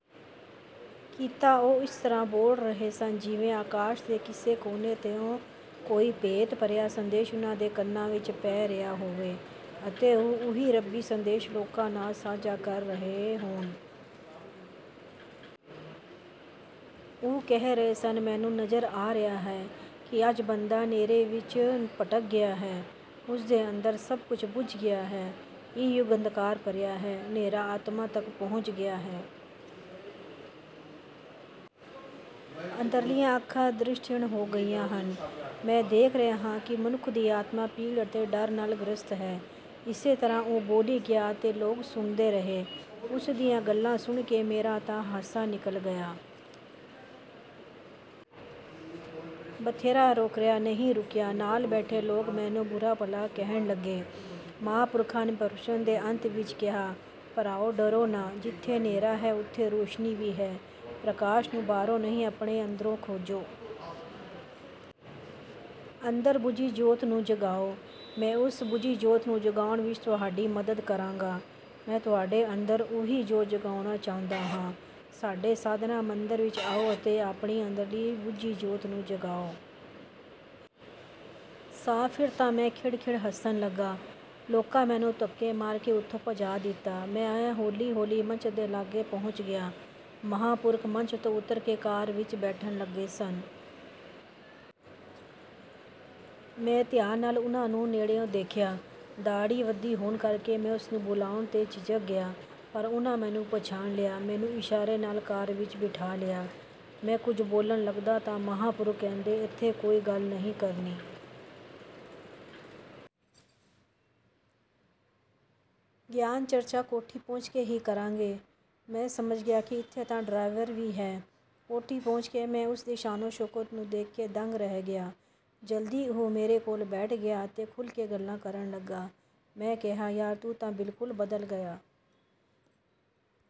ਕੀਤਾ। ਉਹ ਇਸ ਤਰ੍ਹਾਂ ਬੋਲ ਰਹੇ ਸਨ ਜਿਵੇਂ ਆਕਾਸ਼ ਦੇ ਕਿਸੇ ਕੋਨੇ ਤੋਂ ਕੋਈ ਭੇਤ ਭਰਿਆ ਸੰਦੇਸ਼ ਉਨ੍ਹਾਂ ਦੇ ਕੰਨਾਂ ਵਿੱਚ ਪੈ ਰਿਹਾ ਹੋਵੇ ਅਤੇ ਉਹ ਉਹੀ ਰੱਬੀ ਸੰਦੇਸ਼ ਲੋਕਾਂ ਨਾਲ ਸਾਂਝਾ ਕਰ ਰਹੇ ਹੋਣ। ਉਹ ਕਹਿ ਰਹੇ ਸਨ, "ਮੈਨੂੰ ਨਜ਼ਰ ਆ ਰਿਹਾ ਹੈ ਕਿ ਅੱਜ ਬੰਦਾ ਨ੍ਹੇਰੇ ਵਿੱਚ ਭਟਕ ਗਿਆ ਹੈ। ਉਸ ਦੇ ਅੰਦਰ ਸਭ ਕੁਝ ਬੁਝ ਗਿਆ ਹੈ। ਇਹ ਯੁੱਗ ਅੰਧਕਾਰ ਭਰਿਆ ਹੈ। ਨ੍ਹੇਰਾ ਆਤਮਾ ਤੱਕ ਪਹੁੰਚ ਗਿਆ ਹੈ। ਅੰਦਰਲੀਆਂ ਅੱਖਾਂ ਦ੍ਰਿਸ਼ਟੀਹੀਣ ਹੋ ਗਈਆਂ ਹਨ। ਮੈਂ ਦੇਖ ਰਿਹਾ ਹਾਂ ਕਿ ਮਨੁੱਖ ਦੀ ਆਤਮਾ ਪੀੜ ਅਤੇ ਡਰ ਨਾਲ ਗ੍ਰਸਤ ਹੈ।" ਇਸੇ ਤਰ੍ਹਾਂ ਉਹ ਬੋਲੀ ਗਿਆ ਅਤੇ ਲੋਕ ਸੁਣਦੇ ਰਹੇ। ਉਸ ਦੀਆਂ ਗੱਲਾਂ ਸੁਣ ਕੇ ਮੇਰਾ ਤਾਂ ਹਾਸਾ ਨਿਕਲ ਗਿਆ। ਬਥੇਰਾ ਰੋਕਿਆ, ਨਹੀਂ ਰੁਕਿਆ। ਨਾਲ ਬੈਠੇ ਲੋਕ ਮੈਨੂੰ ਬੁਰਾ-ਭਲਾ ਕਹਿਣ ਲੱਗੇ। ਮਹਾਂਪੁਰਖ ਨੇ ਪ੍ਰਵਚਨ ਦੇ ਅੰਤ ਵਿੱਚ ਕਿਹਾ, "ਭਰਾਓ ਡਰੋ ਨਾ। ਜਿੱਥੇ ਨ੍ਹੇਰਾ ਹੈ, ਉੱਥੇ ਰੌਸ਼ਨੀ ਵੀ ਹੈ। ਪ੍ਰਕਾਸ਼ ਨੂੰ ਬਾਹਰੋਂ ਨਹੀਂ ਆਪਣੇ ਅੰਦਰੋਂ ਖੋਜੋ। ਅੰਦਰ ਬੁਝੀ ਜੋਤ ਨੂੰ ਜਗਾਉ। ਮੈਂ ਉਸ ਬੁਝੀ ਜੋਤ ਨੂੰ ਜਗਾਉਣ ਵਿੱਚ ਤੁਹਾਡੀ ਮਦਦ ਕਰਾਂਗਾ। ਮੈਂ ਤੁਹਾਡੇ ਅੰਦਰ ਉਹੀ ਜੋਤ ਜਗਾਉਣਾ ਚਾਹੁੰਦਾ ਹਾਂ। ਸਾਡੇ 'ਸਾਧਨਾ ਮੰਦਰ' ਵਿੱਚ ਆਉ ਅਤੇ ਆਪਣੀ ਅੰਦਰਲੀ ਬੁਝੀ ਜੋਤ ਨੂੰ ਜਗਾਉ।" ਸਾਬ੍ਹ ਫਿਰ ਤਾਂ ਮੈਂ ਖਿੜ ਖਿੜ ਹੱਸਣ ਲੱਗਾ। ਲੋਕਾਂ ਮੈਨੂੰ ਧੱਕੇ ਮਾਰ ਕੇ ਉੱਥੋਂ ਭਜਾ ਦਿੱਤਾ। ਮੈਂ ਹੌਲੀ ਹੌਲੀ ਮੰਚ ਦੇ ਲਾਗੇ ਪਹੁੰਚ ਗਿਆ। ਮਹਾਂਪੁਰਖ ਮੰਚ ਤੋਂ ਉੱਤਰ ਕੇ ਕਾਰ ਵਿੱਚ ਬੈਠਣ ਲੱਗੇ ਸਨ। ਮੈਂ ਧਿਆਨ ਨਾਲ ਉਨ੍ਹਾਂ ਨੂੰ ਨੇੜਿਉਂ ਦੇਖਿਆ। ਦਾੜ੍ਹੀ ਵਧੀ ਹੋਣ ਕਰਕੇ ਮੈਂ ਉਸ ਨੂੰ ਬੁਲਾਉਣ 'ਤੇ ਝਿਜਕ ਗਿਆ, ਪਰ ਉਨ੍ਹਾਂ ਮੈਨੂੰ ਪਛਾਣ ਲਿਆ। ਮੈਨੂੰ ਇਸ਼ਾਰੇ ਨਾਲ ਕਾਰ ਵਿੱਚ ਬਿਠਾ ਲਿਆ। ਮੈਂ ਕੁਝ ਬੋਲਣ ਲੱਗਦਾ ਤਾਂ ਮਹਾਂਪੁਰਖ ਕਹਿੰਦੇ, "ਐਥੇ ਕੋਈ ਗੱਲ ਨਹੀਂ ਕਰਨੀ। ਗਿਆਨ ਚਰਚਾ ਕੋਠੀ ਪਹੁੰਚ ਕੇ ਹੀ ਕਰਾਂਗੇ।" ਮੈਂ ਸਮਝ ਗਿਆ ਕਿ ਇੱਥੇ ਤਾਂ ਡਰਾਈਵਰ ਵੀ ਹੈ। ਕੋਠੀ ਪਹੁੰਚ ਕੇ ਮੈਂ ਉਸ ਦੀ ਸ਼ਾਨੋ-ਸ਼ੌਕਤ ਨੂੰ ਦੇਖ ਕੇ ਦੰਗ ਰਹਿ ਗਿਆ। ਜਲਦੀ ਹੀ ਉਹ ਮੇਰੇ ਕੋਲ ਬੈਠ ਗਿਆ ਅਤੇ ਖੁੱਲ੍ਹ ਕੇ ਗੱਲਾਂ ਕਰਨ ਲੱਗਾ। ਮੈਂ ਕਿਹਾ, "ਯਾਰ ਤੂੰ ਤਾਂ ਬਿਲਕੁਲ ਬਦਲ ਗਿਆ।"